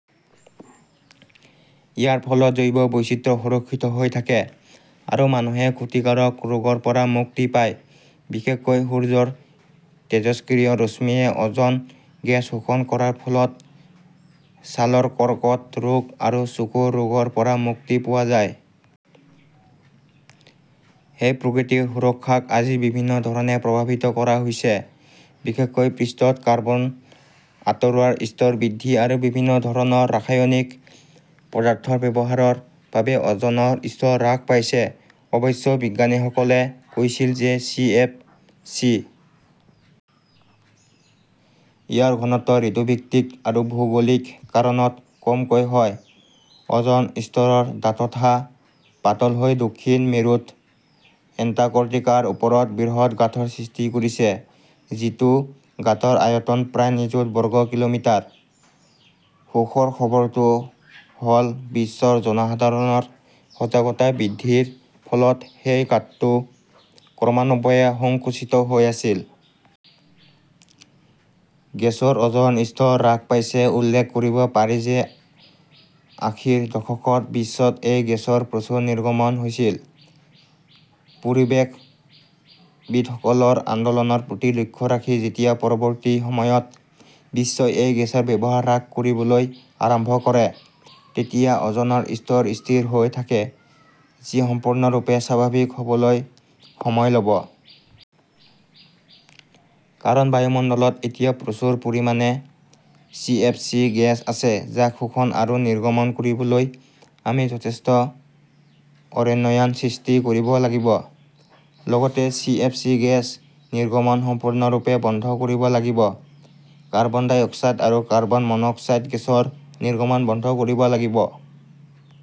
ইয়াৰ ফলত জৈৱ বৈচিত্ৰ্য সুৰক্ষিত হৈ থাকে আৰু মানুহে ক্ষতিকাৰক ৰোগৰ পৰা মুক্তি পায়। বিশেষকৈ, সূৰ্যৰ তেজস্ক্ৰিয় ৰশ্মিয়ে অ'জন গেছ শোষণ কৰাৰ ফলত ছালৰ কৰ্কট ৰোগ আৰু চকুৰ ৰোগৰ পৰা মুক্তি পোৱা যায়। সেই প্ৰকৃতিৰ সুৰক্ষাক আজি বিভিন্ন ধৰণে প্ৰভাৱিত কৰা হৈছে। বিশেষকৈ, পৃষ্ঠত কাৰ্বন আঁতৰোৱাৰ স্তৰ বৃদ্ধি আৰু বিভিন্ন ধৰণৰ ৰাসায়নিক পদাৰ্থৰ ব্যৱহাৰৰ বাবে অ'জনৰ স্তৰ হ্ৰাস পাইছে। অৱশ্যে, বিজ্ঞানীসকলে কৈছিল যে চি. এফ. চি. ইয়াৰ ঘনত্ব ঋতুভিত্তিক আৰু ভৌগোলিক কাৰণত কমকৈ হয়। অ'জন স্তৰৰ ডাঠতা পাতল হৈ দক্ষিণ মেৰুত এণ্টাৰ্কটিকাৰ ওপৰত বৃহৎ গাঁতৰ সৃষ্টি কৰিছে, যিটো গাঁতৰ আয়তন প্ৰায় নিযুত বৰ্গ কিলোমিটাৰ। সুখৰ খবৰটো হ 'ল, বিশ্বৰ জনসাধাৰণৰ সজাগতা বৃদ্ধিৰ ফলত সেই গাঁতটো ক্ৰমান্বয়ে সংকুচিত হৈ আছিল। গেছৰ অ'জন স্তৰ হ্ৰাস পাইছে। উল্লেখ কৰিব পাৰি যে আশীৰ দশকত বিশ্বত এই গেছৰ প্ৰচুৰ নিৰ্গমন হৈছিল। পৰিৱেশবিদসকলৰ আন্দোলনৰ প্ৰতি লক্ষ্য ৰাখি যেতিয়া পৰৱৰ্তী সময়ত বিশ্বই এই গেছৰ ব্যৱহাৰ হ্ৰাস কৰিবলৈ আৰম্ভ কৰে তেতিয়া অ'জনৰ স্তৰ স্থিৰ হৈ থাকে, যি সম্পূৰ্ণৰূপে স্বাভাৱিক হ'বলৈ সময় ল'ব। কাৰণ বায়ুমণ্ডলত এতিয়াও প্ৰচুৰ পৰিমাণে চি. এফ. চি. গেছ আছে, যাক শোষণ আৰু নিৰ্গমন কৰিবলৈ আমি যথেষ্ট অৰণ্যায়ন সৃষ্টি কৰিব লাগিব। লগতে, চি. এফ. চি. গেছ নিৰ্গমন সম্পূৰ্ণৰূপে বন্ধ কৰিব লাগিব। কাৰ্বন ডাই অক্সাইড আৰু কাৰ্বন মনোক্সাইড গেছৰ নিৰ্গমন বন্ধ কৰিব লাগিব।